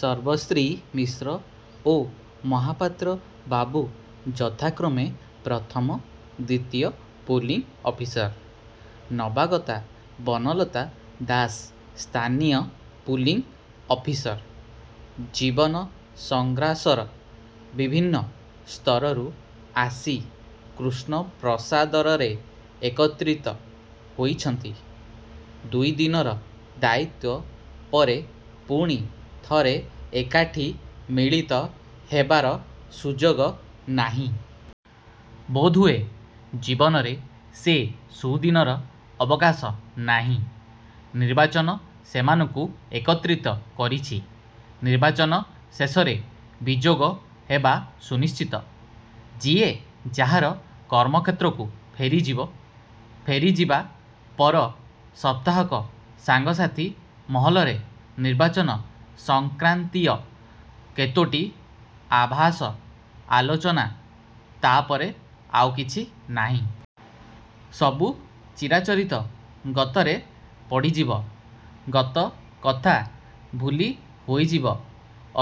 ସର୍ବଶ୍ରୀ ମିଶ୍ର ଓ ମହାପାତ୍ର ବାବୁ ଯଥାକ୍ରମେ ପ୍ରଥମ ଦ୍ୱିତୀୟ ପୁଲିଂ ଅଫିସର। ନବାଗତା ବନଲତା ଦାସ ସ୍ଥାନୀୟ ପୁଲିଂ ଅଫିସର। ଜୀବନ ସଂଗ୍ରାସର ବିଭିନ୍ନ ସ୍ତରରୁ ଆସି କୃଷ୍ଣପ୍ରସାଦରରେ ଏକତ୍ରିତ ହୋଇଛନ୍ତି। ଦୁଇ ଦିନର ଦାୟିତ୍ୱ ପରେ ପୁଣି ଥରେ ଏକାଠି ମିଳିତ ହେବାର ସୁଯୋଗ ନାହିଁ। ବୋଧହୁଏ ଜୀବନରେ ସେ ସୁଦିନର ଅବକାଶ ନାହିଁ। ନିର୍ବାଚନ ସେମାନଙ୍କୁ ଏକତ୍ରିତ କରିଛି। ନିର୍ବାଚନ ଶେଷରେ ବିଯୋଗ ହେବା ସୁନିଶ୍ଚିତ-। ଯିଏ ଯାହାର କର୍ମକ୍ଷେତ୍ରକୁ ଫେରିଯିବେ। ଫେରିଯିବା ପର ସପ୍ତାହକ ସାଙ୍ଗସାଥି ମହଲରେ ନିର୍ବାଚନ ସଂକ୍ରାନ୍ତୀୟ କେତୋଟି ଆଭାସ, ଆଲୋଚନା। ତା ପରେ ଆଉ କିଛି ନାହିଁ-। ସବୁ ଚିରାଚରିତ ଗତରେ ପଡ଼ିଯିବ। ଗତ କଥା ଭୁଲି ହୋଇଯିବ।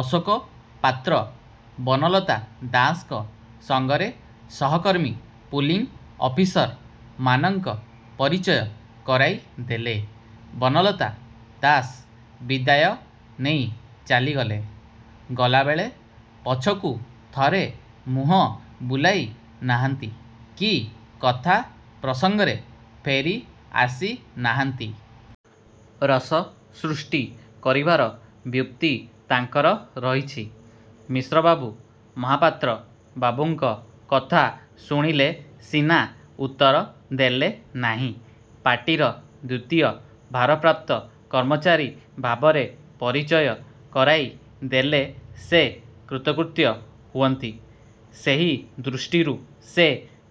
ଅଶୋକ ପାତ୍ର ବନଲତା ଦାସଙ୍କ ସଙ୍ଗରେ ସହକର୍ମୀ ପୁଲିଂ ଅଫିସର ମାନଙ୍କ ପରିଚୟ କରାଇ ଦେଲେ। ବନଲତା ଦାସ ବିଦାୟ ନେଇ ଚାଲିଗଲେ। ଗଲାବେଳେ ପଛକୁ ଥରେ ମୁହଁ ବୁଲାଇ ନାହାନ୍ତି କି କଥା ପ୍ରସଙ୍ଗରେ ଫେରି ଆସି ନାହାନ୍ତି। ରସ ସୃଷ୍ଟି କରିବାର ବ୍ୟୁତ୍ପତ୍ତି ତାଙ୍କର ରହିଛି। ମିଶ୍ରବାବୁ ମହାପାତ୍ର ବାବୁଙ୍କ କଥା ଶୁଣିଲେ ସିନା ଉତ୍ତର ଦେଲେ ନାହିଁ। ପାର୍ଟିର ଦ୍ୱିତୀୟ ଭାରପ୍ରାପ୍ତ କର୍ମଚାରୀ ଭାବରେ ପରିଚୟ କରାଇ ଦେଲେ ସେ କୃତକୃତ୍ୟ ହୁଅନ୍ତି। ସେହି ଦୃଷ୍ଟିରୁ ସେ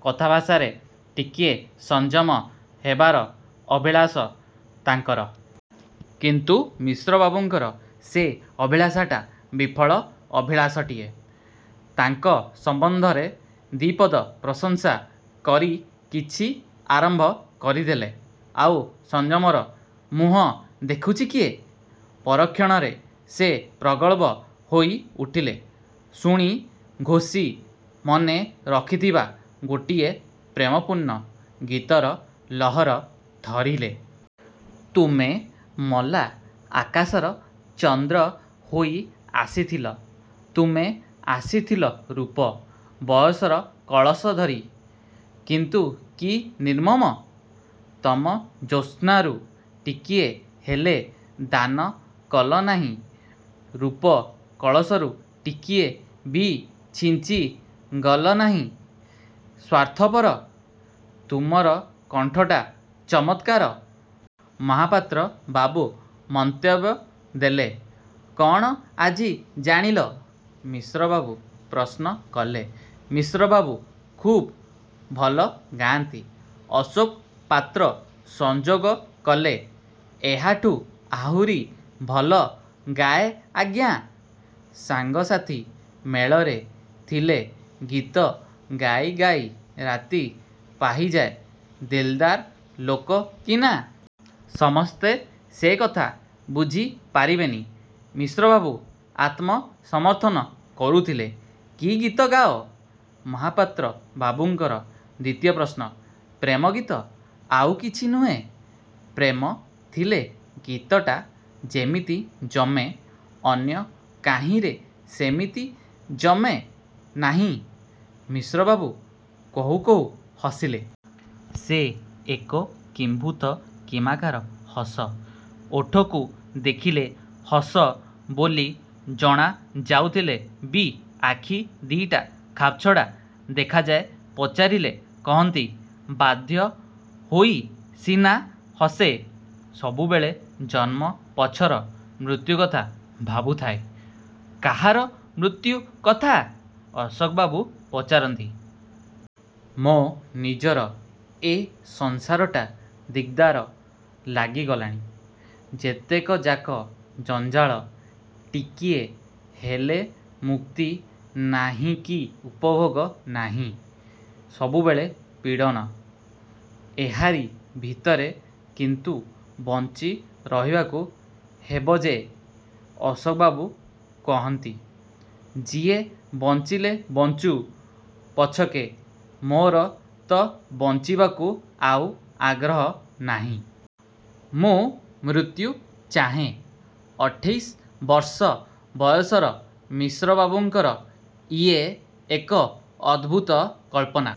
କଥାଭାଷାରେ ଟିକିଏ ସଂଯମ ହେବାର ଅଭିଳାଷ ତାଙ୍କର। କିନ୍ତୁ ମିଶ୍ରବାବୁଙ୍କର ସେ ଅଭିଳାଷାଟା ବିଫଳ ଅଭିଳାଷଟିଏ। ତାଙ୍କ ସମ୍ବନ୍ଧରେ ଦି'ପଦ ପ୍ରଶଂସା କରି କିଛି ଆରମ୍ଭ କରିଦେଲେ, ଆଉ ସଂଯମର ମୁହଁ ଦେଖୁଛି କିଏ? ପରକ୍ଷଣରେ ସେ ପ୍ରଗଳ୍ଭ ହୋଇ ଉଠିଲେ। ଶୁଣି, ଘୋଷି ମନେ ରଖିଥିବା ଗୋଟିଏ ପ୍ରେମପୂର୍ଣ୍ଣ ଗୀତର ଲହର ଧରିଲେ। ''ତୁମେ ମଲା ଆକାଶର ଚନ୍ଦ୍ର ହୋଇ ଆସିଥିଲ। ତୁମେ ଆସିଥିଲ ରୂପ, ବୟସର କଳସ ଧରି। କିନ୍ତୁ କି ନିର୍ମମ! ତମ ଜ୍ୟୋସ୍ନାରୁ ଟିକିଏ ହେଲେ ଦାନ କଲ ନାହିଁ। ରୂପ କଳସରୁ ଟିକିଏ ବି ଛିଞ୍ଚି ଗଲ ନାହିଁ! ସ୍ୱାର୍ଥପର! '' 'ତୁମର କଣ୍ଠଟା ଚମତ୍କାର! ' ମହାପାତ୍ର ବାବୁ ମନ୍ତବ୍ୟ ଦେଲେ। 'କଣ ଆଜି ଜାଣିଲ? ' ମିଶ୍ରବାବୁ ପ୍ରଶ୍ନ କଲେ। 'ମିଶ୍ରବାବୁ ଖୁବ୍ ଭଲ ଗାଆନ୍ତି। ' ଅଶୋକ ପାତ୍ର ସଂଯୋଗ କଲେ। 'ଏହାଠୁ ଆହୁରି ଭଲ ଗାଏ ଆଜ୍ଞା! ସାଙ୍ଗସାଥି ମେଳରେ ଥିଲେ ଗୀତ ଗାଇ ଗାଇ ରାତି ପାହିଯାଏ ଦିଲ୍ଦାର ଲୋକ କିନା! ସମସ୍ତେ ସେକଥା ବୁଝି ପାରିବେନି'। ମିଶ୍ରବାବୁ ଆତ୍ମ ସମର୍ଥନ କରୁଥିଲେ। 'କି ଗୀତ ଗାଅ? ' ମହାପାତ୍ର ବାବୁଙ୍କର ଦ୍ୱିତୀୟ ପ୍ରଶ୍ନ। 'ପ୍ରେମ-ଗୀତ। ' 'ଆଉ କିଛି ନୁହେଁ? ' ପ୍ରେମ ଥିଲେ ଗୀତଟା ଯେମିତି ଜମେ, ଅନ୍ୟ କାହିଁରେ ସେମିତି ଜମେ ନାହିଁ। ମିଶ୍ରବାବୁ କହୁ କହୁ ହସିଲେ। ସେ ଏକ କିମ୍ଭୁତ କିମାକାର ହସ। ଓଠକୁ ଦେଖିଲେ ହସ ବୋଲି ଜଣା ଯାଉଥିଲେ ବି ଆଖି ଦି'ଟା ଖାପ୍ଛଡ଼ା ଦେଖାଯାଏ ପଚାରିଲେ କହନ୍ତି, 'ବାଧ୍ୟ ହୋଇ ସିନା ହସେ, ସବୁବେଳେ ଜନ୍ମ ପଛର ମୃତ୍ୟୁକଥା ଭାବୁଥାଏ। 'କାହାର ମୃତ୍ୟୁ କଥା? ' ଅଶୋକବାବୁ ପଚାରନ୍ତି। 'ମୋ' ନିଜର। ଏ ସଂସାରଟା ଦିକ୍ଦାର ଲାଗିଗଲାଣି। ଯେତକଯାକ ଜଞ୍ଜାଳ। ଟିକିଏ ହେଲେ ମୁକ୍ତି ନାହିଁକି ଉପଭୋଗ ନାହିଁ। ସବୁବେଳେ ପୀଡ଼ନ। ' 'ଏହାରି ଭିତରେ କିନ୍ତୁ ବଞ୍ଚି ରହିବାକୁ ହେବ ଯେ! ' ଅଶୋକବାବୁ କହନ୍ତି। 'ଯିଏ ବଞ୍ଚିଲେ ବଞ୍ଚୁ ପଛକେ, ମୋର ତ ବଞ୍ଚିବାକୁ ଆଉ ଆଗ୍ରହ ନାହିଁ। ମୁଁ ମୃତ୍ୟୁ ଚାହେଁ-। ' ଅଠେଇଶ ବର୍ଷ ବୟସର ମିଶ୍ରବାବୁଙ୍କର ଇଏ ଏକ ଅଦ୍ଭୁତ କଳ୍ପନା।